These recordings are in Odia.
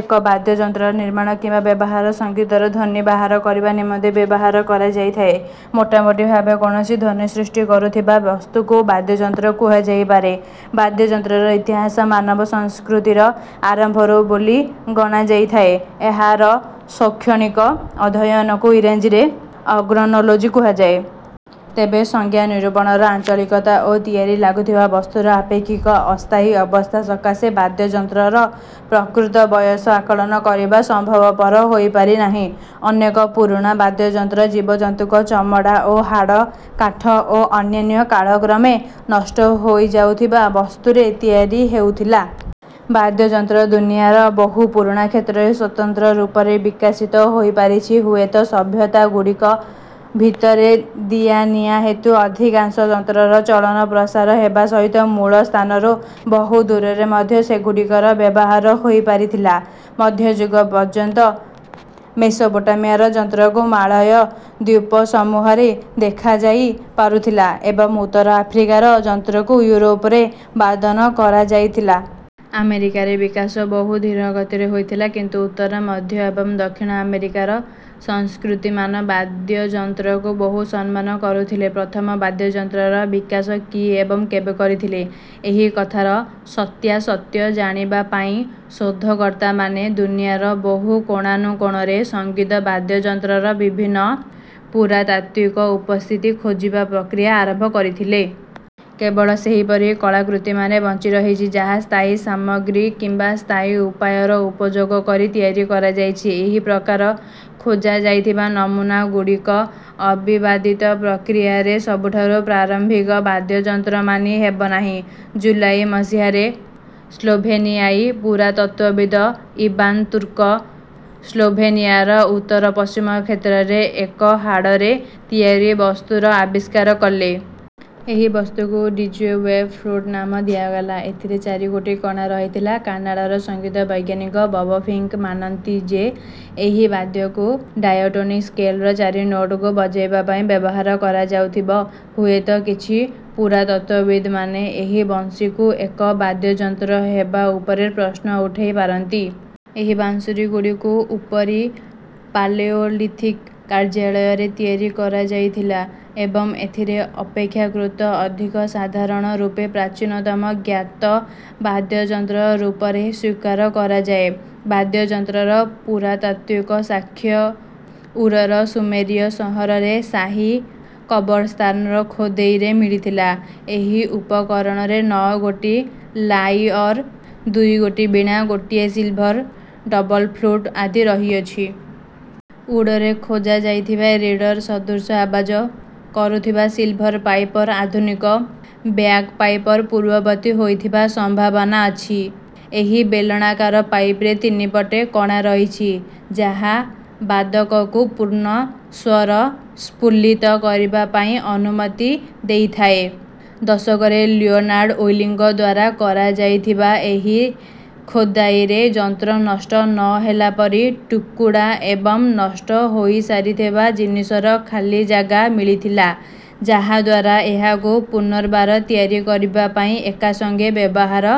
ଏକ ବାଦ୍ୟଯନ୍ତ୍ରର ନିର୍ମାଣ କିମ୍ବା ବ୍ୟବହାର ସଙ୍ଗୀତର ଧ୍ୱନି ବାହାର କରିବା ନିମନ୍ତେ ବ୍ୟବହାର କରାଯାଇଥାଏ। ମୋଟାମୋଟି ଭାବେ କୌଣସି ଧ୍ୱନି ସୃଷ୍ଟି କରୁଥିବା ବସ୍ତୁକୁ ବାଦ୍ୟଯନ୍ତ୍ର କୁହାଯାଇପାରେ। ବାଦ୍ୟଯନ୍ତ୍ରର ଇତିହାସ ମାନବ ସଂସ୍କୃତିର ଆରମ୍ଭରୁ ବୋଲି ଗଣାଯାଇଥାଏ। ଏହାର ଶୈକ୍ଷଣିକ ଅଧ୍ୟୟନକୁ ଇଂରାଜୀରେ ଅର୍ଗାନୋଲୋଜି କୁହାଯାଏ। ତେବେ ସଂଜ୍ଞା ନିରୂପଣର ଆଞ୍ଚଳିକତା ଓ ତିଆରି ଲାଗୁଥିବା ବସ୍ତୁର ଆପେକ୍ଷିକ ଅସ୍ଥାୟୀ ଅବସ୍ଥା ସକାଶେ ବାଦ୍ୟଯନ୍ତ୍ରର ପ୍ରକୃତ ବୟସ ଆକଳନ କରିବା ସମ୍ଭବପର ହୋଇପାରିନାହିଁ। ଅନେକ ପୁରୁଣା ବାଦ୍ୟଯନ୍ତ୍ର ଜୀବଜନ୍ତୁଙ୍କ ଚମଡ଼ା ଓ ହାଡ଼, କାଠ ଓ ଅନ୍ୟାନ୍ୟ କାଳକ୍ରମେ ନଷ୍ଟ ହୋଇଯାଉଥିବା ବସ୍ତୁରେ ତିଆରି ହେଉଥିଲା। ବାଦ୍ୟଯନ୍ତ୍ର ଦୁନିଆର ବହୁ ପୁରୁଣା କ୍ଷେତ୍ରରେ ସ୍ୱତନ୍ତ୍ର ରୂପରେ ବିକାଶିତ ହୋଇପାରିଛି। ହୁଏତ ସଭ୍ୟତାଗୁଡ଼ିକ ଭିତରେ ଦିଆନିଆ ହେତୁ ଅଧିକାଂଶ ଯନ୍ତ୍ରର ଚଞ୍ଚଳ ପ୍ରସାର ହେବା ସହିତ ମୂଳ ସ୍ଥାନରୁ ବହୁ ଦୂରରେ ମଧ୍ୟ ସେଗୁଡ଼ିକର ବ୍ୟବହାର ହୋଇପାରିଥିଲା। ମଧ୍ୟଯୁଗ ପର୍ଯ୍ୟନ୍ତ ମେସୋପୋଟାମିଆର ଯନ୍ତ୍ରକୁ ମାଳୟ ଦ୍ୱୀପସମୂହରେ ଦେଖାଯାଇ ପାରୁଥିଲା ଏବଂ ଉତ୍ତର ଆଫ୍ରିକାର ଯନ୍ତ୍ରକୁ ୟୁରୋପରେ ବାଦନ କରାଯାଇଥିଲା। ଆମେରିକାରେ ବିକାଶ ବହୁ ଧୀର ଗତିରେ ହୋଇଥିଲା କିନ୍ତୁ ଉତ୍ତର, ମଧ୍ୟ ଏବଂ ଦକ୍ଷିଣ ଆମେରିକାର ସଂସ୍କୃତିମାନ ବାଦ୍ୟଯନ୍ତ୍ରକୁ ବହୁ ସମ୍ମାନ କରୁଥିଲେ। ପ୍ରଥମ ବାଦ୍ୟଯନ୍ତ୍ରର ବିକାଶ କିଏ ଏବଂ କେବେ କରିଥିଲେ, ଏହି କଥାର ସତ୍ୟାସତ୍ୟ ଜାଣିବା ପାଇଁ ଶୋଧକର୍ତ୍ତାମାନେ ଦୁନିଆର ବହୁ କୋଣାନୁକୋଣରେ ସଙ୍ଗୀତ ବାଦ୍ୟଯନ୍ତ୍ରର ବିଭିନ୍ନ ପୁରାତାତ୍ତ୍ୱିକ ଉପସ୍ଥିତି ଖୋଜିବା ପ୍ରକ୍ରିୟା ଆରମ୍ଭ କରିଥିଲେ। କେବଳ ସେହିପରି କଳାକୃତିମାନ ବଞ୍ଚିରହିଛି ଯାହା ସ୍ଥାୟୀ ସାମଗ୍ରୀ କିମ୍ବା ସ୍ଥାୟୀ ଉପାୟର ଉପଯୋଗ କରି ତିଆରି କରାଯାଇଛି। ଏହି ପ୍ରକାର ଖୋଜାଯାଇଥିବା ନମୂନା ଗୁଡ଼ିକ ଅବିବାଦିତ ପ୍ରକ୍ରିୟାରେ ସବୁଠାରୁ ପ୍ରାରମ୍ଭିକ ବାଦ୍ୟଯନ୍ତ୍ର ମାନି ହେବ ନାହିଁ। ଜୁଲାଇ ମସିହାରେ, ସ୍ଲୋଭେନିଆଈ ପୁରାତତ୍ତ୍ୱବିଦ ଇବାନ ତୁର୍କ ସ୍ଲୋଭେନିଆର ଉତ୍ତର ପଶ୍ଚିମ କ୍ଷେତ୍ରରେ ଏକ ହାଡ଼ରେ ତିଆରି ବସ୍ତୁର ଆବିଷ୍କାର କଲେ। ଏହି ବସ୍ତୁକୁ ଡିଜ୍ୱେ ୱେବ ଫ୍ଲୂଟ ନାମ ଦିଆଗଲା, ଏଥିରେ ଚାରିଗୋଟି କଣା ରହିଥିଲା। କାନାଡ଼ାର ସଙ୍ଗୀତ ବୈଜ୍ଞାନିକ ବବ ଫିଙ୍କ ମାନନ୍ତି ଯେ, ଏହି ବାଦ୍ୟକୁ ଡାୟାଟୋନିକ ସ୍କେଲର ଚାରି ନୋଟକୁ ବଜାଇବା ପାଇଁ ବ୍ୟବହାର କରାଯାଉଥିବ। ହୁଏତ, କିଛି ପୁରାତତ୍ତ୍ୱବିଦମାନେ ଏହି ବଂଶୀକୁ ଏକ ବାଦ୍ୟଯନ୍ତ୍ର ହେବା ଉପରେ ପ୍ରଶ୍ନ ଉଠାଇ ପାରନ୍ତି। ଏହି ବାଂଶୁରୀଗୁଡ଼ିକୁ ଉପରୀ ପାଲେଓଲିଥିକ କାର୍ଯ୍ୟାଳୟରେ ତିଆରି କରାଯାଇଥିଲା ଏବଂ ଏଥିରେ ଅପେକ୍ଷାକୃତ ଅଧିକ ସାଧାରଣ ରୂପେ ପ୍ରାଚୀନତମ ଜ୍ଞାତ ବାଦ୍ୟଯନ୍ତ୍ର ରୂପରେ ସ୍ୱୀକାର କରାଯାଏ। ବାଦ୍ୟଯନ୍ତ୍ରର ପୁରାତାତ୍ତ୍ୱିକ ସାକ୍ଷ, ଉରର ସୁମେରୀୟ ସହରରେ ଶାହୀ କବରସ୍ଥାନର ଖୋଦେଇରେ ମିଳିଥିଲା। ଏହି ଉପକରଣରେ ନଅ ଗୋଟି ଲାଇଅର, ଦୁଇ ଗୋଟି ବୀଣା, ଗୋଟିଏ ସିଲଭର ଡବଲ ଫ୍ଲୂଟ ଆଦି ରହିଅଛି। ଉରରେ ଖୋଜା ଯାଇଥିବା ରୀଡର ସଦୃଶ ଆବାଜ କରୁଥିବା ସିଲଭର ପାଇପର ଆଧୁନିକ ବ୍ୟାଗପାଇପର ପୂର୍ବବର୍ତ୍ତୀ ହୋଇଥିବାର ସମ୍ଭାବନା ଅଛି। ଏହି ବେଲଣାକାର ପାଇପରେ ତିନି ପଟେ କଣା ରହିଛି ଯାହା ବାଦକକୁ ପୂର୍ଣ୍ଣ ସ୍ୱର ସ୍ଫୁଲିତ କରିବା ପାଇଁ ଅନୁମତି ଦେଇଥାଏ। ଦଶକରେ ଲିଓନାର୍ଡ ୱୁଲିଙ୍କ ଦ୍ୱାରା କରାଯାଇଥିବା ଏହି ଖୋଦାଇରେ ଯନ୍ତ୍ର ନଷ୍ଟ ନ ହେଲାପରି ଟୁକୁଡ଼ା ଏବଂ ନଷ୍ଟ ହୋଇସାରିଥିବା ଜିନିଷର ଖାଲି ଜାଗା ମିଳିଥିଲା, ଯାହାଦ୍ୱାରା ଏହାକୁ ପୁନର୍ବାର ତିଆରି କରିବା ପାଇଁ ଏକସଙ୍ଗେ ବ୍ୟବହାର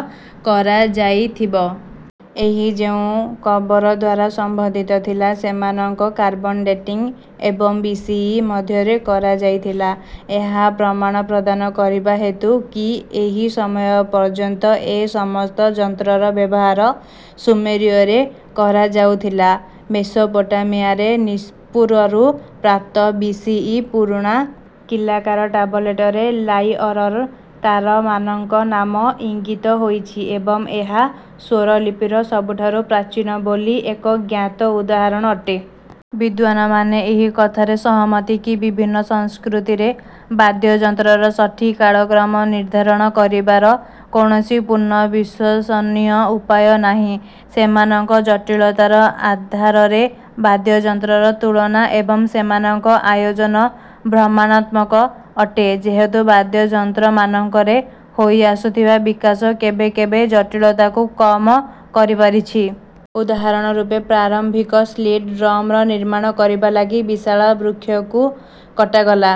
କରାଯାଇଥିବ। ଏହି ଯନ୍ତ୍ର ଯେଉଁ କବର ଦ୍ୱାରା ସମ୍ବନ୍ଧିତ ଥିଲା ସେମାନଙ୍କ କାର୍ବନ ଡେଟିଙ୍ଗ ଏବଂ ବି ସି ଇ ମଧ୍ୟରେ କରାଯାଇଥିଲା, ଏହା ପ୍ରମାଣ ପ୍ରଦାନ କରିବା ହେତୁ କି ଏହି ସମୟ ପର୍ଯ୍ୟନ୍ତ ଏ ସମସ୍ତ ଯନ୍ତ୍ରର ବ୍ୟବହାର ସୁମେରୀୟରେ କରାଯାଉଥିଲା। ମେସୋପୋଟାମିଆରେ ନିପ୍ପୁରରୁ ପ୍ରାପ୍ତ, ବି ସି ଇ ପୁରୁଣା କୀଲାକାର ଟାବଲେଟରେ ଲାଇଅରର ତାରମାନଙ୍କ ନାମ ଇଙ୍ଗିତ ହୋଇଛି ଏବଂ ଏହା ସ୍ୱରଲିପିର ସବୁଠାରୁ ପ୍ରାଚୀନ ବୋଲି ଏକ ଜ୍ଞାତ ଉଦାହରଣ ଅଟେ। ବିଦ୍ୱାନମାନେ ଏହି କଥାରେ ସହମତ କି, ବିଭିନ୍ନ ସଂସ୍କୃତିରେ ବାଦ୍ୟଯନ୍ତ୍ରର ସଠିକ କାଳକ୍ରମ ନିର୍ଦ୍ଧାରଣ କରିବାର କୌଣସି ପୂର୍ଣ୍ଣ ବିଶ୍ୱସନୀୟ ଉପାୟ ନାହିଁ। ସେମାନଙ୍କ ଜଟିଳତାର ଆଧାରରେ ବାଦ୍ୟଯନ୍ତ୍ରର ତୁଳନା ଏବଂ ସେମାନଙ୍କ ଆୟୋଜନ ଭ୍ରମାତ୍ମକ ଅଟେ, ଯେହେତୁ ବାଦ୍ୟଯନ୍ତ୍ରମାନଙ୍କରେ ହୋଇଆସୁଥିବା ବିକାଶ କେବେ କେବେ ଜଟିଳତାକୁ କମ କରିପାରିଛି। ଉଦାହରଣ ରୂପେ, ପ୍ରାରମ୍ଭିକ ସ୍ଲିଟ ଡ୍ରମର ନିର୍ମାଣ କରିବା ଲାଗି ବିଶାଳ ବୃକ୍ଷକୁ କଟାଗଲା।